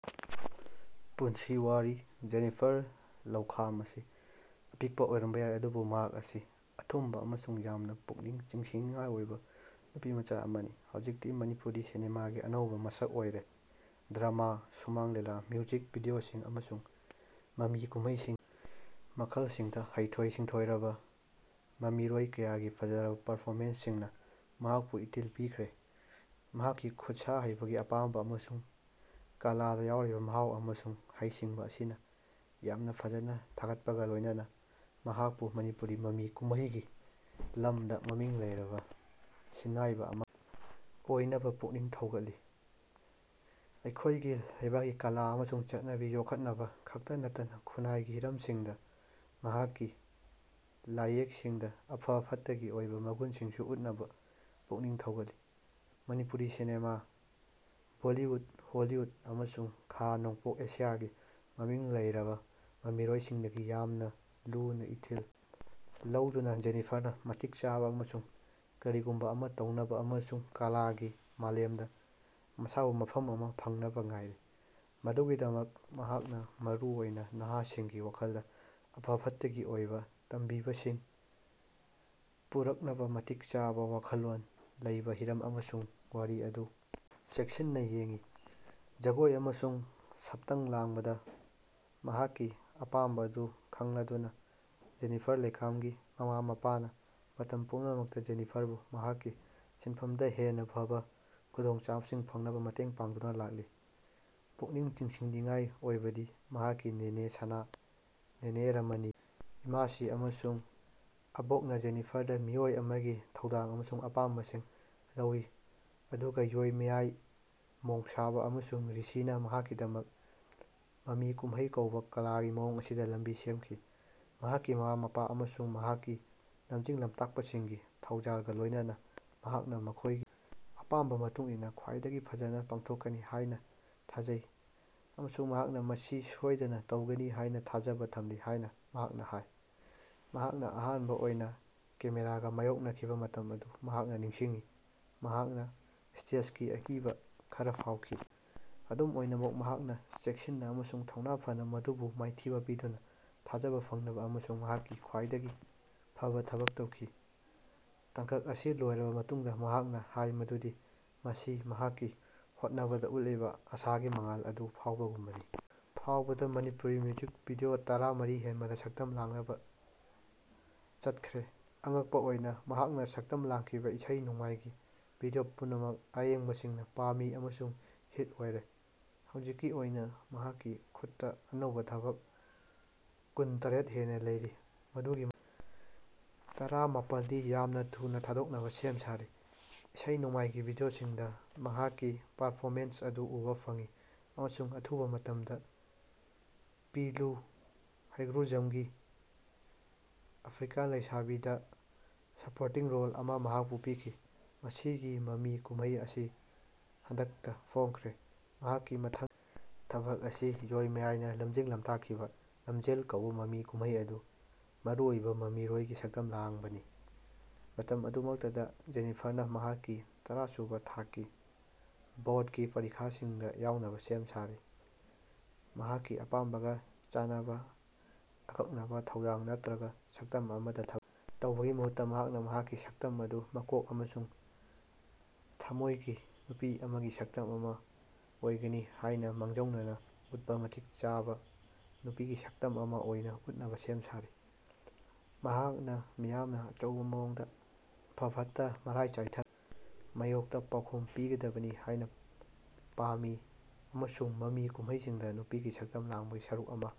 ꯄꯨꯟꯁꯤ ꯋꯥꯔꯤ ꯖꯦꯅꯤꯐꯔ ꯂꯧꯈꯥꯝ ꯑꯁꯤ ꯑꯄꯤꯛꯄ ꯑꯣꯏꯔꯝꯕ ꯌꯥꯏ ꯑꯗꯨꯕꯨ ꯃꯍꯥꯛ ꯑꯁꯤ ꯑꯊꯨꯝꯕ ꯑꯃꯁꯨꯡ ꯌꯥꯝꯅ ꯄꯨꯛꯅꯤꯡ ꯆꯤꯡꯁꯤꯟꯅꯤꯡꯉꯥꯏ ꯑꯣꯏꯕ ꯅꯨꯄꯤꯃꯆꯥ ꯑꯃꯅꯤ, ꯍꯧꯖꯤꯛꯇꯤ ꯃꯅꯤꯄꯨꯔꯤ ꯁꯤꯅꯦꯃꯥꯒꯤ ꯑꯅꯧꯕ ꯃꯁꯛ ꯑꯣꯏꯔꯦ꯫ ꯗ꯭ꯔꯃꯥ, ꯁꯨꯃꯥꯡ ꯂꯤꯂꯥ, ꯃ꯭ꯌꯨꯖꯤꯛ ꯚꯤꯗꯤꯑꯣꯁꯤꯡ ꯑꯃꯁꯨꯡ ꯃꯃꯤ ꯀꯨꯝꯍꯩꯁꯤꯡꯒꯤ ꯃꯈꯜꯁꯤꯡꯗ ꯍꯩꯊꯣꯏ-ꯁꯤꯡꯊꯣꯏꯔꯕ ꯃꯃꯤꯔꯣꯏ ꯀꯌꯥꯒꯤ ꯐꯖꯔꯕ ꯄꯔꯐꯣꯃꯦꯟꯁꯁꯤꯡꯅ ꯃꯍꯥꯛꯄꯨ ꯏꯊꯤꯜ ꯄꯤꯈ꯭ꯔꯦ꯫ ꯃꯍꯥꯛꯀꯤ ꯈꯨꯠꯁꯥ ꯍꯩꯕꯒꯤ ꯑꯄꯥꯝꯕ ꯑꯃꯁꯨꯡ ꯀꯂꯥꯗ ꯌꯥꯎꯔꯤꯕ ꯃꯍꯥꯎ ꯑꯃꯁꯨꯡ ꯍꯩꯁꯤꯡꯕ ꯑꯁꯤꯅ ꯌꯥꯝꯅ ꯐꯖꯅ ꯊꯥꯒꯠꯄꯒ ꯂꯣꯏꯅꯅ, ꯃꯍꯥꯛꯄꯨ ꯃꯅꯤꯄꯨꯔꯤ ꯃꯃꯤ ꯀꯨꯝꯍꯩꯒꯤ ꯂꯝꯗ ꯃꯃꯤꯡ ꯂꯩꯔꯕ ꯁꯤꯟꯅꯥꯏꯕ ꯑꯃ ꯑꯣꯏꯅꯕ ꯄꯨꯛꯅꯤꯡ ꯊꯧꯒꯠꯂꯤ꯫ꯑꯩꯈꯣꯏꯒꯤ ꯂꯩꯕꯥꯛꯀꯤ ꯀꯂꯥ ꯑꯃꯁꯨꯡ ꯆꯠꯅꯕꯤ ꯌꯣꯛꯈꯠꯅꯕ ꯈꯛꯇ ꯅꯠꯇꯅ ꯈꯨꯟꯅꯥꯏꯒꯤ ꯍꯤꯔꯝꯁꯤꯡꯗ ꯃꯍꯥꯛꯀꯤ ꯂꯥꯏꯌꯦꯛꯁꯤꯡꯗ ꯑꯐ-ꯐꯠꯇꯒꯤ ꯑꯣꯏꯕ ꯃꯒꯨꯟꯁꯤꯡꯁꯨ ꯎꯠꯅꯕ ꯄꯨꯛꯅꯤꯡ ꯊꯧꯒꯠꯂꯤ꯫ ꯃꯅꯤꯄꯨꯔꯤ ꯁꯤꯅꯦꯃꯥ, ꯕꯣꯂꯤꯋꯨꯠ, ꯍꯣꯂꯤꯋꯨꯠ ꯑꯃꯁꯨꯡ ꯈꯥ-ꯅꯣꯡꯄꯣꯛ ꯑꯦꯁꯤꯌꯥꯒꯤ ꯃꯃꯤꯡ ꯂꯩꯔꯕ ꯃꯃꯤꯔꯣꯏꯁꯤꯡꯗꯒꯤ ꯌꯥꯝꯅ ꯂꯨꯅ ꯏꯊꯤꯜ ꯂꯧꯗꯨꯅ, ꯖꯦꯅꯤꯐꯔꯅ ꯃꯇꯤꯛ ꯆꯥꯕ ꯑꯃꯁꯨꯡ ꯀꯔꯤꯒꯨꯝꯕ ꯑꯃ ꯇꯧꯅꯕ ꯑꯃꯁꯨꯡ ꯀꯂꯥꯒꯤ ꯃꯥꯂꯦꯝꯗ ꯃꯁꯥꯕꯨ ꯃꯐꯝ ꯑꯃ ꯐꯪꯅꯕ ꯉꯥꯏꯔꯤ꯫ ꯃꯗꯨꯒꯤꯗꯃꯛ, ꯃꯍꯥꯛꯅ ꯃꯔꯨꯑꯣꯏꯅ ꯅꯍꯥꯁꯤꯡꯒꯤ ꯋꯥꯈꯜꯗ ꯑꯐ-ꯐꯠꯇꯒꯤ ꯑꯣꯏꯕ ꯇꯝꯕꯤꯕꯁꯤꯡ ꯄꯨꯔꯛꯅꯕ ꯃꯇꯤꯛ ꯆꯥꯕ ꯋꯥꯈꯜꯂꯣꯟ ꯂꯩꯕ ꯍꯤꯔꯝ ꯑꯃꯁꯨꯡ ꯋꯥꯔꯤ ꯑꯗꯨ ꯆꯦꯛꯁꯤꯟꯅ ꯌꯦꯡꯉꯤ꯫ ꯖꯒꯣꯏ ꯑꯃꯁꯨꯡ ꯁꯛꯇꯝ ꯂꯥꯡꯕꯗ ꯃꯍꯥꯛꯀꯤ ꯑꯄꯥꯝꯕ ꯑꯗꯨ ꯈꯪꯂꯗꯨꯅ, ꯖꯦꯅꯤꯐꯔ ꯂꯧꯈꯥꯝꯒꯤ ꯃꯃꯥ-ꯃꯄꯥꯅ ꯃꯇꯝ ꯄꯨꯝꯅꯃꯛꯇ ꯖꯦꯅꯤꯐꯔꯕꯨ ꯃꯍꯥꯛꯀꯤ ꯁꯤꯟꯐꯝꯗ ꯍꯦꯟꯅ ꯐꯕ ꯈꯨꯗꯣꯡꯆꯥꯕꯁꯤꯡ ꯐꯪꯅꯕ ꯃꯇꯦꯡ ꯄꯥꯡꯗꯨꯅ ꯂꯥꯛꯂꯤ꯫ ꯄꯨꯛꯅꯤꯡ ꯆꯤꯡꯁꯤꯟꯅꯤꯡꯉꯥꯏ ꯑꯣꯏꯕꯗꯤ ꯃꯍꯥꯛꯀꯤ ꯅꯦꯅꯦ ꯁꯅꯥ, ꯅꯦꯅꯦ ꯔꯃꯅꯤ, ꯏꯃꯥꯁꯤ ꯑꯃꯁꯨꯡ ꯑꯕꯣꯛꯅ ꯖꯦꯅꯤꯐꯔꯗ ꯃꯤꯑꯣꯏ ꯑꯃꯒꯤ ꯊꯧꯗꯥꯡ ꯑꯃꯁꯨꯡ ꯑꯄꯥꯝꯕꯁꯤꯡ ꯂꯧꯋꯤ ꯑꯗꯨꯒ ꯌꯣꯏꯃꯥꯌꯥꯏ ꯃꯣꯡꯁꯥꯕꯥ ꯑꯃꯁꯨꯡ ꯔꯤꯁꯤꯅ ꯃꯍꯥꯛꯀꯤꯗꯃꯛ ꯃꯃꯤ ꯀꯨꯝꯍꯩ ꯀꯧꯕ ꯀꯂꯥꯒꯤ ꯃꯑꯣꯡ ꯑꯁꯤꯗ ꯂꯝꯕꯤ ꯁꯦꯝꯈꯤ꯫ ꯃꯍꯥꯛꯀꯤ ꯃꯃꯥ-ꯃꯄꯥ ꯑꯃꯁꯨꯡ ꯃꯍꯥꯛꯀꯤ ꯂꯝꯖꯤꯡ-ꯂꯝꯇꯥꯛꯄꯁꯤꯡꯒꯤ ꯊꯧꯖꯥꯜꯒ ꯂꯣꯏꯅꯅ, ꯃꯍꯥꯛꯅ ꯃꯈꯣꯏꯒꯤ ꯑꯄꯥꯝꯕ ꯃꯇꯨꯡ ꯏꯟꯅ ꯈ꯭ꯋꯥꯏꯗꯒꯤ ꯐꯖꯅ ꯄꯥꯡꯊꯣꯛꯀꯅꯤ ꯍꯥꯏꯅ ꯊꯥꯖꯩ ꯑꯃꯁꯨꯡ ꯃꯍꯥꯛꯅ ꯃꯁꯤ ꯁꯣꯏꯗꯅ ꯇꯧꯒꯅꯤ ꯍꯥꯏꯅ ꯊꯥꯖꯕ ꯊꯝꯂꯤ ꯍꯥꯏꯅ ꯃꯍꯥꯛꯅ ꯍꯥꯏ꯫ ꯃꯍꯥꯛꯅ ꯑꯍꯥꯟꯕ ꯑꯣꯏꯅ ꯀꯦꯃꯦꯔꯥꯒ ꯃꯥꯌꯣꯛꯅꯈꯤꯕ ꯃꯇꯝ ꯑꯗꯨ ꯃꯍꯥꯛꯅ ꯅꯤꯡꯁꯤꯡꯉꯤ꯫ ꯃꯍꯥꯛꯅ 'ꯁ꯭ꯇꯦꯖꯀꯤ ꯑꯀꯤꯕ' ꯈꯔ ꯐꯥꯎꯈꯤ, ꯑꯗꯨꯝ ꯑꯣꯏꯅꯃꯛ ꯃꯍꯥꯛꯅ ꯆꯦꯛꯁꯤꯟꯅ ꯑꯃꯁꯨꯡ ꯊꯧꯅꯥ ꯐꯅ ꯃꯗꯨꯕꯨ ꯃꯥꯏꯊꯤꯕ ꯄꯤꯗꯨꯅ ꯊꯥꯖꯕ ꯐꯪꯅꯕ ꯑꯃꯁꯨꯡ ꯃꯍꯥꯛꯀꯤ ꯈ꯭ꯋꯥꯏꯗꯒꯤ ꯐꯕ ꯊꯕꯛ ꯇꯧꯈꯤ꯫ ꯇꯥꯡꯀꯛ ꯑꯁꯤ ꯂꯣꯏꯔꯕ ꯃꯇꯨꯡꯗ, ꯃꯍꯥꯛꯅ ꯍꯥꯏ ꯃꯗꯨꯗꯤ ꯃꯁꯤ "ꯃꯍꯥꯛꯀꯤ ꯍꯣꯠꯅꯕꯗ ꯎꯠꯂꯤꯕ ꯑꯁꯥꯒꯤ ꯃꯉꯥꯜ ꯑꯗꯨ ꯐꯥꯎꯕꯒꯨꯝꯅꯤ"꯫ ꯐꯥꯎꯕꯗ ꯃꯅꯤꯄꯨꯔꯤ ꯃ꯭ꯌꯨꯖꯤꯛ ꯚꯤꯗꯤꯑꯣ ꯇꯔꯥꯃꯔꯤ ꯍꯦꯟꯕꯗ ꯁꯛꯇꯝ ꯂꯥꯡꯅꯕ ꯆꯠꯈ꯭ꯔꯦ꯫ ꯑꯉꯛꯄ ꯑꯣꯏꯅ, ꯃꯍꯥꯛꯅ ꯁꯛꯇꯝ ꯂꯥꯡꯈꯤꯕ ꯏꯁꯩ-ꯅꯣꯡꯃꯥꯏꯒꯤ ꯚꯤꯗꯤꯑꯣ ꯄꯨꯝꯅꯃꯛ ꯑꯌꯦꯡꯕꯁꯤꯡꯅ ꯄꯥꯝꯃꯤ ꯑꯃꯁꯨꯡ ꯍꯤꯠ ꯑꯣꯏꯔꯦ꯫ ꯍꯧꯖꯤꯛꯀꯤ ꯑꯣꯏꯅ ꯃꯍꯥꯛꯀꯤ ꯈꯨꯠꯇ ꯑꯅꯧꯕ ꯊꯕꯛ ꯀꯨꯟꯇꯔꯦꯠ ꯍꯦꯟꯅ ꯂꯩꯔꯤ ꯃꯗꯨꯒꯤ ꯇꯔꯥꯃꯥꯄꯜꯗꯤ ꯌꯥꯝꯅ ꯊꯨꯅ ꯊꯥꯗꯣꯛꯅꯕ ꯁꯦꯝ ꯁꯥꯔꯤ꯫ ꯏꯁꯩ-ꯅꯣꯡꯃꯥꯏꯒꯤ ꯚꯤꯗꯤꯑꯣꯁꯤꯡꯗ ꯃꯍꯥꯛꯀꯤ ꯄꯔꯐꯣꯃꯦꯟꯁ ꯑꯗꯨ ꯎꯕ ꯐꯪꯉꯤ ꯑꯃꯁꯨꯡ ꯑꯊꯨꯕ ꯃꯇꯝꯗ ꯄꯤꯂꯨ ꯍꯩꯒ꯭ꯔꯨꯖꯝꯒꯤ "ꯑꯐ꯭ꯔꯤꯀꯥꯟ ꯂꯩꯁꯥꯕꯤ"ꯗ ꯁꯄꯣꯔꯇꯤꯡ ꯔꯣꯜ ꯑꯃ ꯃꯍꯥꯛꯄꯨ ꯄꯤꯈꯤ꯫ ꯃꯁꯤꯒꯤ ꯃꯃꯤ ꯀꯨꯝꯍꯩ ꯑꯁꯤ ꯍꯟꯗꯛꯇ ꯐꯣꯡꯈ꯭ꯔꯦ꯫ ꯃꯍꯥꯛꯀꯤ ꯃꯊꯪꯒꯤ ꯊꯕꯛ ꯑꯁꯤ ꯌꯣꯏꯃꯥꯌꯥꯏꯅ ꯂꯝꯖꯤꯡ-ꯂꯝꯇꯥꯛꯈꯤꯕ 'ꯂꯝꯖꯦꯜ' ꯀꯧꯕ ꯃꯃꯤ ꯀꯨꯝꯍꯩ ꯑꯗꯨꯗ ꯃꯔꯨꯑꯣꯏꯕ ꯃꯃꯤꯔꯣꯏꯒꯤ ꯁꯛꯇꯝ ꯂꯥꯡꯕꯅꯤ꯫ ꯃꯇꯝ ꯑꯗꯨꯃꯛꯇꯗ, ꯖꯦꯅꯤꯐꯔꯅ ꯃꯍꯥꯛꯀꯤ ꯇꯔꯥꯁꯨꯕ ꯊꯥꯛꯀꯤ ꯕꯣ꯭ꯔꯠꯀꯤ ꯄꯔꯤꯈꯥꯁꯤꯡꯗ ꯌꯥꯎꯅꯕ ꯁꯦꯝ ꯁꯥꯔꯤ꯫ ꯃꯍꯥꯛꯀꯤ ꯑꯄꯥꯝꯕꯒ ꯆꯥꯅꯕ ꯑꯀꯛꯅꯕ ꯊꯧꯗꯥꯡ ꯅꯠꯇ꯭ꯔꯒ ꯁꯛꯇꯝ ꯑꯃꯗ ꯊ ꯇꯧꯕꯒꯤ ꯃꯍꯨꯠꯇ, ꯃꯍꯥꯛꯅ ꯃꯍꯥꯛꯀꯤ ꯁꯛꯇꯝ ꯑꯗꯨ ꯃꯀꯣꯛ ꯑꯃꯁꯨꯡ ꯊꯃꯣꯏꯒꯤ ꯅꯨꯄꯤ ꯑꯃꯒꯤ ꯁꯛꯇꯝ ꯑꯃ ꯑꯣꯏꯒꯅꯤ ꯍꯥꯏꯅ ꯃꯥꯡꯖꯧꯅꯅ ꯎꯠꯄ ꯃꯇꯤꯛ ꯆꯥꯕ ꯅꯨꯄꯤꯒꯤ ꯁꯛꯇꯝ ꯑꯃ ꯑꯣꯏꯅ ꯎꯠꯅꯕ ꯁꯦꯝ ꯁꯥꯔꯤ꯫ ꯃꯍꯥꯛꯅ ꯃꯤꯌꯥꯝꯅ ꯑꯆꯧꯕ ꯃꯑꯣꯡꯗ ꯑꯐ-ꯐꯠꯇ ꯃꯔꯥꯏ ꯆꯥꯏꯊ ꯃꯥꯌꯣꯛꯇ ꯄꯥꯎꯈꯨꯝ ꯄꯤꯒꯗꯕꯅꯤ ꯍꯥꯏꯅ ꯄꯥꯝꯃꯤ ꯑꯃꯁꯨꯡ ꯃꯃꯤ ꯀꯨꯝꯍꯩꯁꯤꯡꯗ ꯅꯨꯄꯤꯒꯤ ꯁꯛꯇꯝ ꯂꯥꯡꯕꯒꯤ ꯁꯔꯨꯛ ꯑꯃ